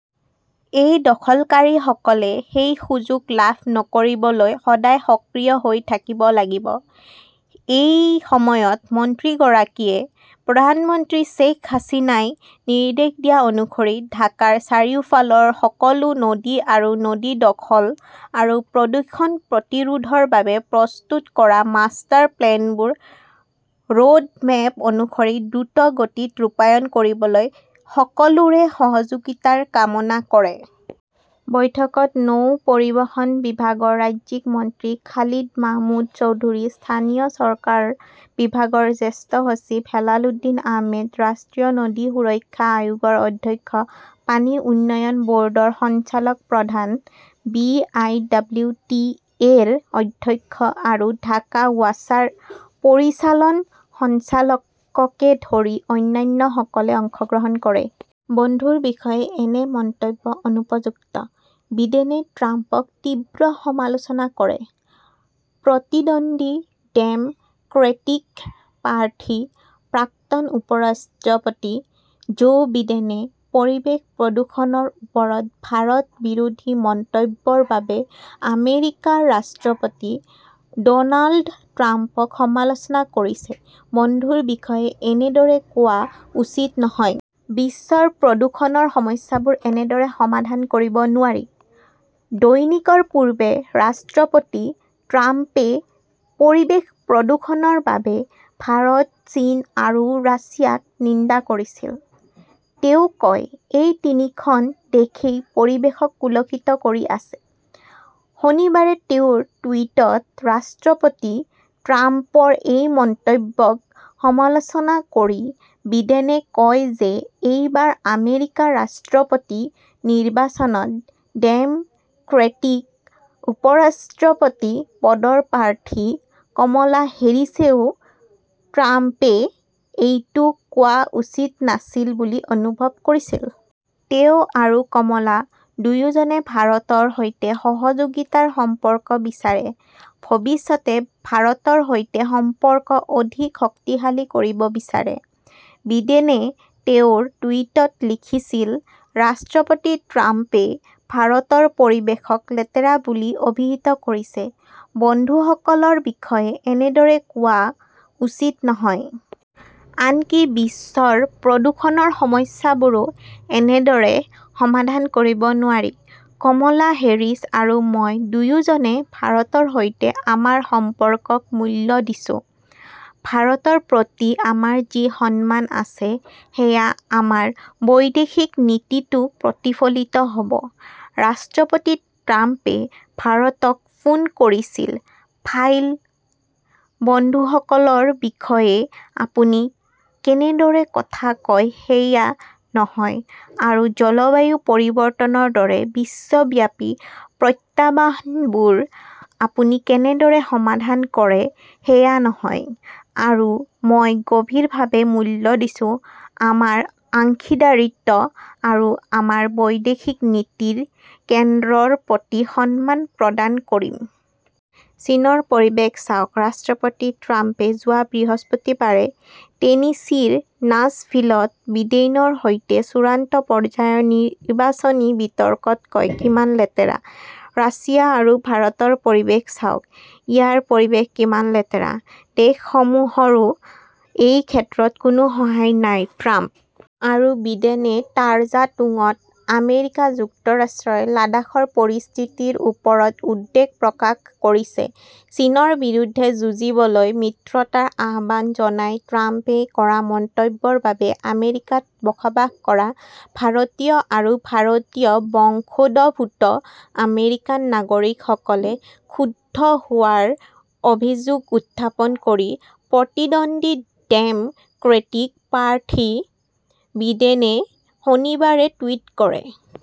এই দখলকাৰীসকলে সেই সুযোগ লাভ নকৰিবলৈ সদায় সক্ৰিয় হৈ থাকিব লাগিব। এই সময়ত মন্ত্ৰীগৰাকীয়ে প্ৰধানমন্ত্ৰী শ্বেইখ হাছিনাই নিৰ্দেশ দিয়া অনুসৰি ঢাকাৰ চাৰিওফালৰ সকলো নদী আৰু নদী দখল আৰু প্ৰদূষণ প্ৰতিৰোধৰ বাবে প্ৰস্তুত কৰা মাষ্টাৰ প্লেনবোৰ ৰোডমেপ অনুসৰি দ্ৰুতগতিত ৰূপায়ণ কৰিবলৈ সকলোৰে সহযোগিতাৰ কামনা কৰে। বৈঠকত নৌ পৰিবহণ বিভাগৰ ৰাজ্যিক মন্ত্ৰী খালিদ মাহমুদ চৌধুৰী, স্থানীয় চৰকাৰ বিভাগৰ জ্যেষ্ঠ সচিব হেলালুদ্দিন আহমেদ, ৰাষ্ট্ৰীয় নদী সুৰক্ষা আয়োগৰ অধ্যক্ষ, পানী উন্নয়ন বৰ্ডৰ সঞ্চালক প্ৰধান, B. I. W. T. A. -ৰ অধ্যক্ষ আৰু ঢাকা ৱাছাৰ পৰিচালন সঞ্চালককে ধৰি অন্যান্যসকলে অংশগ্ৰহণ কৰে। বন্ধুৰ বিষয়ে এনে মন্তব্য অনুপযুক্ত বিডেনে ট্ৰাম্পক তীব্ৰ সমালোচনা কৰে। প্ৰতিদ্বন্দ্বী ডেম ক্ৰেটিক প্ৰাৰ্থী প্ৰাক্তন উপ-ৰাষ্ট্ৰপতি জো বিডেনে পৰিৱেশ প্ৰদূষণৰ ওপৰত ভাৰত বিৰোধী মন্তব্যৰ বাবে আমেৰিকাৰ ৰাষ্ট্ৰপতি ডনাল্ড ট্ৰাম্পক সমালোচনা কৰিছে। বন্ধুৰ বিষয়ে এনেদৰে কোৱা উচিত নহয়। বিশ্বৰ প্ৰদূষণৰ সমস্যাবোৰ এনেদৰে সমাধান কৰিব নোৱাৰি। দৈনিকৰ পূৰ্বে ৰাষ্ট্ৰপতি ট্ৰাম্পে পৰিৱেশ প্ৰদূষণৰ বাবে ভাৰত, চীন আৰু ৰাছিয়াক নিন্দা কৰিছিল। তেওঁ কয়, এই তিনিখন দেশেই পৰিৱেশক কুলষিত কৰি আছে। শনিবাৰে তেওঁৰ টুইটত ৰাষ্ট্ৰপতি ট্ৰাম্পৰ এই মন্তব্যক সমালোচনা কৰি বিডেনে কয় যে এইবাৰ আমেৰিকাৰ ৰাষ্ট্ৰপতি নিৰ্বাচনত ডেম ক্ৰেটিক উপ-ৰাষ্ট্ৰপতি পদৰ প্ৰাৰ্থী কমলা হেৰিছেও ট্ৰাম্পে এইটো কোৱা উচিত নাছিল বুলি অনুভৱ কৰিছিল। তেওঁ আৰু কমলা দুয়োজনে ভাৰতৰ সৈতে সহযোগিতাৰ সম্পৰ্ক বিচাৰে। ভৱিষ্যতে ভাৰতৰ সৈতে সম্পৰ্ক অধিক শক্তিশালী কৰিব বিচাৰে, বিডেনে তেওঁৰ টুইটত লিখিছিল ৰাষ্ট্ৰপতি ট্ৰাম্পে ভাৰতৰ পৰিৱেশক লেতেৰা বুলি অভিহিত কৰিছে। বন্ধুসকলৰ বিষয়ে এনেদৰে কোৱা উচিত নহয়। আনকি বিশ্বৰ প্ৰদূষণৰ সমস্যাবোৰো এনেদৰে সমাধান কৰিব নোৱাৰি। কমলা হেৰিছ আৰু মই দুয়োজনে ভাৰতৰ সৈতে আমাৰ সম্পৰ্কক মূল্য দিছো। ভাৰতৰ প্ৰতি আমাৰ যি সন্মান আছে সেয়া আমাৰ বৈদেশিক নীতিতো প্ৰতিফলিত হ'ব। ৰাষ্ট্ৰপতি ট্ৰাম্পে ভাৰতক ফোন কৰিছিল ফাইল বন্ধুসকলৰ বিষয়ে আপুনি কেনেদৰে কথা কয় সেয়া নহয় আৰু জলবায়ু পৰিৱৰ্তনৰ দৰে বিশ্বব্যাপী প্ৰত্যাহ্বানবোৰ আপুনি কেনেদৰে সমাধান কৰে সেয়া নহয় আৰু মই গভীৰভাৱে মূল্য দিছোঁ আমাৰ অংশীদাৰিত্ব আৰু আমাৰ বৈদেশিক নীতিৰ কেন্দ্ৰৰ প্ৰতি সন্মান প্ৰদান কৰিম। চীনৰ পৰিৱেশ চাওক ।ৰাষ্ট্ৰপতি ট্ৰাম্পে যোৱা বৃহস্পতিবাৰে টেনিছিৰ নাছভিলত বিডেইনৰ সৈতে চূড়ান্ত পৰ্যায়ৰ নিৰ্বাচনী বিতৰ্কত কয়, কিমান লেতেৰা। ৰাছিয়া আৰু ভাৰতৰ পৰিৱেশ চাওক। ইয়াৰ পৰিৱেশ কিমান লেতেৰা। দেশসমূহৰো এই ক্ষেত্ৰত কোনো সহায় নাই ,ট্ৰাম্প আৰু বিডেনে টাৰ্জা টুংত আমেৰিকা যুক্তৰাষ্ট্ৰই লাডাখৰ পৰিস্থিতিৰ ওপৰত উদ্বেগ প্ৰকাশ কৰিছে, চীনৰ বিৰুদ্ধে যুঁজিবলৈ মিত্ৰতাৰ আহ্বান জনাই ট্ৰাম্পে কৰা মন্তব্যৰ বাবে আমেৰিকাত বাস কৰা ভাৰতীয় আৰু ভাৰতীয় বংশোদ্ভূত আমেৰিকান নাগৰিকসকলে ক্ষুব্ধ হোৱাৰ অভিযোগ উত্থাপন কৰি প্ৰতিদ্বন্দ্বী ডেম ক্ৰেটিক প্ৰাৰ্থী বিডেনে শনিবাৰে টুইট কৰে।